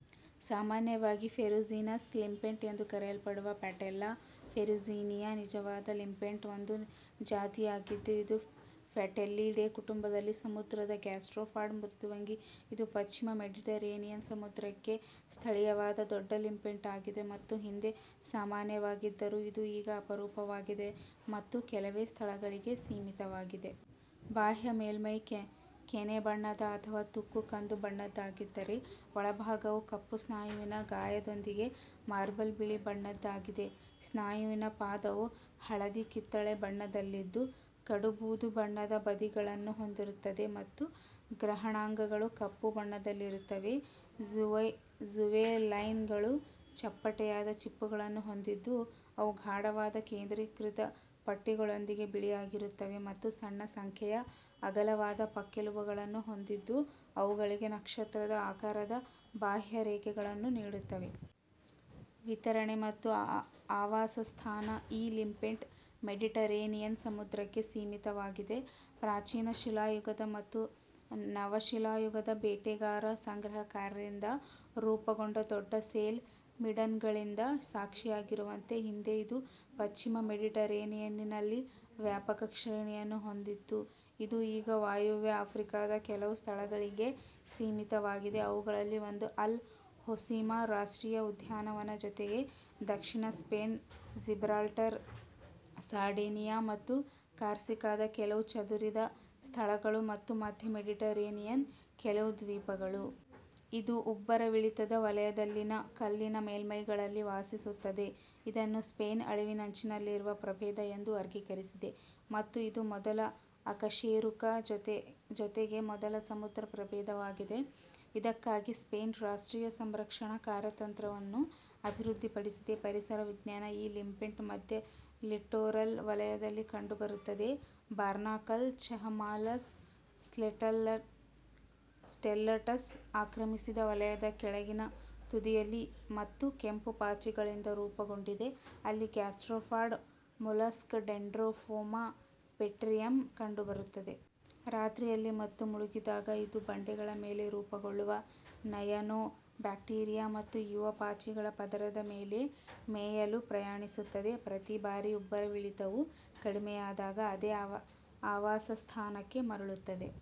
ಸಾಮಾನ್ಯವಾಗಿ ferruginous limpet ಎಂದು ಕರೆಯಲ್ಪಡುವ ಪ್ಯಾಟೆಲ್ಲಾ ಫೆರುಜಿನಿಯಾ ನಿಜವಾದ ಲಿಂಪೆಟ್ನ ಒಂದು ಜಾತಿಯಾಗಿದ್ದು, ಇದು ಪ್ಯಾಟೆಲ್ಲಿಡೆ ಕುಟುಂಬದಲ್ಲಿ ಸಮುದ್ರದ ಗ್ಯಾಸ್ಟ್ರೋಪಾಡ್ ಮೃದ್ವಂಗಿ. ಇದು ಪಶ್ಚಿಮ ಮೆಡಿಟರೇನಿಯನ್ ಸಮುದ್ರಕ್ಕೆ ಸ್ಥಳೀಯವಾದ ದೊಡ್ಡ ಲಿಂಪೆಟ್ ಆಗಿದೆ, ಮತ್ತು ಹಿಂದೆ ಸಾಮಾನ್ಯವಾಗಿದ್ದರೂ, ಇದು ಈಗ ಅಪರೂಪವಾಗಿದೆ ಮತ್ತು ಕೆಲವೇ ಸ್ಥಳಗಳಿಗೆ ಸೀಮಿತವಾಗಿದೆ. ಬಾಹ್ಯ ಮೇಲ್ಮೈ ಕೆನೆ ಬಣ್ಣದ ಅಥವಾ ತುಕ್ಕು ಕಂದು ಬಣ್ಣದ್ದಾಗಿದ್ದರೆ, ಒಳಭಾಗವು ಕಪ್ಪು ಸ್ನಾಯುವಿನ ಗಾಯದೊಂದಿಗೆ ಮಾರ್ಬಲ್ ಬಿಳಿ ಬಣ್ಣದ್ದಾಗಿದೆ. ಸ್ನಾಯುವಿನ ಪಾದವು ಹಳದಿ-ಕಿತ್ತಳೆ ಬಣ್ಣದಲ್ಲಿದ್ದು, ಕಡು ಬೂದು ಬಣ್ಣದ ಬದಿಗಳನ್ನು ಹೊಂದಿರುತ್ತದೆ ಮತ್ತು ಗ್ರಹಣಾಂಗಗಳು ಕಪ್ಪು ಬಣ್ಣದಲ್ಲಿರುತ್ತವೆ. ಜುವೆನೈಲ್ಗಳು ಚಪ್ಪಟೆಯಾದ ಚಿಪ್ಪುಗಳನ್ನು ಹೊಂದಿದ್ದು, ಅವು ಗಾಢವಾದ ಕೇಂದ್ರೀಕೃತ ಪಟ್ಟಿಗಳೊಂದಿಗೆ ಬಿಳಿಯಾಗಿರುತ್ತವೆ ಮತ್ತು ಸಣ್ಣ ಸಂಖ್ಯೆಯ ಅಗಲವಾದ ಪಕ್ಕೆಲುಬುಗಳನ್ನು ಹೊಂದಿದ್ದು, ಅವುಗಳಿಗೆ ನಕ್ಷತ್ರದ ಆಕಾರದ ಬಾಹ್ಯರೇಖೆಗಳನ್ನು ನೀಡುತ್ತವೆ. ವಿತರಣೆ ಮತ್ತು ಆವಾಸಸ್ಥಾನ ಈ ಲಿಂಪೆಟ್ ಮೆಡಿಟರೇನಿಯನ್ ಸಮುದ್ರಕ್ಕೆ ಸೀಮಿತವಾಗಿದೆ. ಪ್ರಾಚೀನ ಶಿಲಾಯುಗದ ಮತ್ತು ನವಶಿಲಾಯುಗದ ಬೇಟೆಗಾರ ಸಂಗ್ರಹಕಾರರಿಂದ ರೂಪುಗೊಂಡ ದೊಡ್ಡ ಶೆಲ್ ಮಿಡನ್ಗಳಿಂದ ಸಾಕ್ಷಿಯಾಗಿರುವಂತೆ, ಹಿಂದೆ ಇದು ಪಶ್ಚಿಮ ಮೆಡಿಟರೇನಿಯನ್ನಲ್ಲಿ ವ್ಯಾಪಕ ಶ್ರೇಣಿಯನ್ನು ಹೊಂದಿತ್ತು. ಇದು ಈಗ ವಾಯುವ್ಯ ಆಫ್ರಿಕಾದ ಕೆಲವು ಸ್ಥಳಗಳಿಗೆ ಸೀಮಿತವಾಗಿದೆ, ಅವುಗಳಲ್ಲಿ ಒಂದು ಅಲ್ ಹೊಸಿಮಾ ರಾಷ್ಟ್ರೀಯ ಉದ್ಯಾನವನ, ಜೊತೆಗೆ ದಕ್ಷಿಣ ಸ್ಪೇನ್, ಜಿಬ್ರಾಲ್ಟರ್, ಸಾರ್ಡಿನಿಯಾ ಮತ್ತು ಕಾರ್ಸಿಕಾದ ಕೆಲವು ಚದುರಿದ ಸ್ಥಳಗಳು ಮತ್ತು ಮಧ್ಯ ಮೆಡಿಟರೇನಿಯನ್ನ ಕೆಲವು ದ್ವೀಪಗಳು. ಇದು ಉಬ್ಬರವಿಳಿತದ ವಲಯದಲ್ಲಿನ ಕಲ್ಲಿನ ಮೇಲ್ಮೈಗಳಲ್ಲಿ ವಾಸಿಸುತ್ತದೆ. ಇದನ್ನು ಸ್ಪೇನ್ "ಅಳಿವಿನಂಚಿನಲ್ಲಿರುವ ಪ್ರಭೇದ" ಎಂದು ವರ್ಗೀಕರಿಸಿದೆ ಮತ್ತು ಇದು ಮೊದಲ ಅಕಶೇರುಕ, ಜೊತೆಗೆ ಮೊದಲ ಸಮುದ್ರ ಪ್ರಭೇದವಾಗಿದೆ, ಇದಕ್ಕಾಗಿ ಸ್ಪೇನ್ ರಾಷ್ಟ್ರೀಯ ಸಂರಕ್ಷಣಾ ಕಾರ್ಯತಂತ್ರವನ್ನು ಅಭಿವೃದ್ಧಿಪಡಿಸಿದೆ. ಪರಿಸರ ವಿಜ್ಞಾನ ಈ ಲಿಂಪೆಟ್ ಮಧ್ಯ-ಲಿಟ್ಟೋರಲ್ ವಲಯದಲ್ಲಿ ಕಂಡುಬರುತ್ತದೆ, ಬಾರ್ನಾಕಲ್ ಚ್ಥಮಾಲಸ್ ಸ್ಟೆಲ್ಲಟಸ್ ಆಕ್ರಮಿಸಿದ ವಲಯದ ಕೆಳಗಿನ ತುದಿಯಲ್ಲಿ ಮತ್ತು ಕೆಂಪು ಪಾಚಿಗಳಿಂದ ರೂಪುಗೊಂಡಿದೆ, ಅಲ್ಲಿ ಗ್ಯಾಸ್ಟ್ರೋಪಾಡ್ ಮೊಲಸ್ಕ್ ಡೆಂಡ್ರೊಪೊಮಾ ಪೆಟ್ರಿಯಮ್ ಕಂಡುಬರುತ್ತದೆ. ರಾತ್ರಿಯಲ್ಲಿ ಮತ್ತು ಮುಳುಗಿದಾಗ, ಇದು ಬಂಡೆಗಳ ಮೇಲೆ ರೂಪುಗೊಳ್ಳುವ ಸಯನೋಬ್ಯಾಕ್ಟೀರಿಯಾ ಮತ್ತು ಯುವ ಪಾಚಿಗಳ ಪದರದ ಮೇಲೆ ಮೇಯಲು ಪ್ರಯಾಣಿಸುತ್ತದೆ, ಪ್ರತಿ ಬಾರಿ ಉಬ್ಬರವಿಳಿತವು ಕಡಿಮೆಯಾದಾಗ ಅದೇ ಆವಾಸಸ್ಥಾನಕ್ಕೆ ಮರಳುತ್ತದೆ.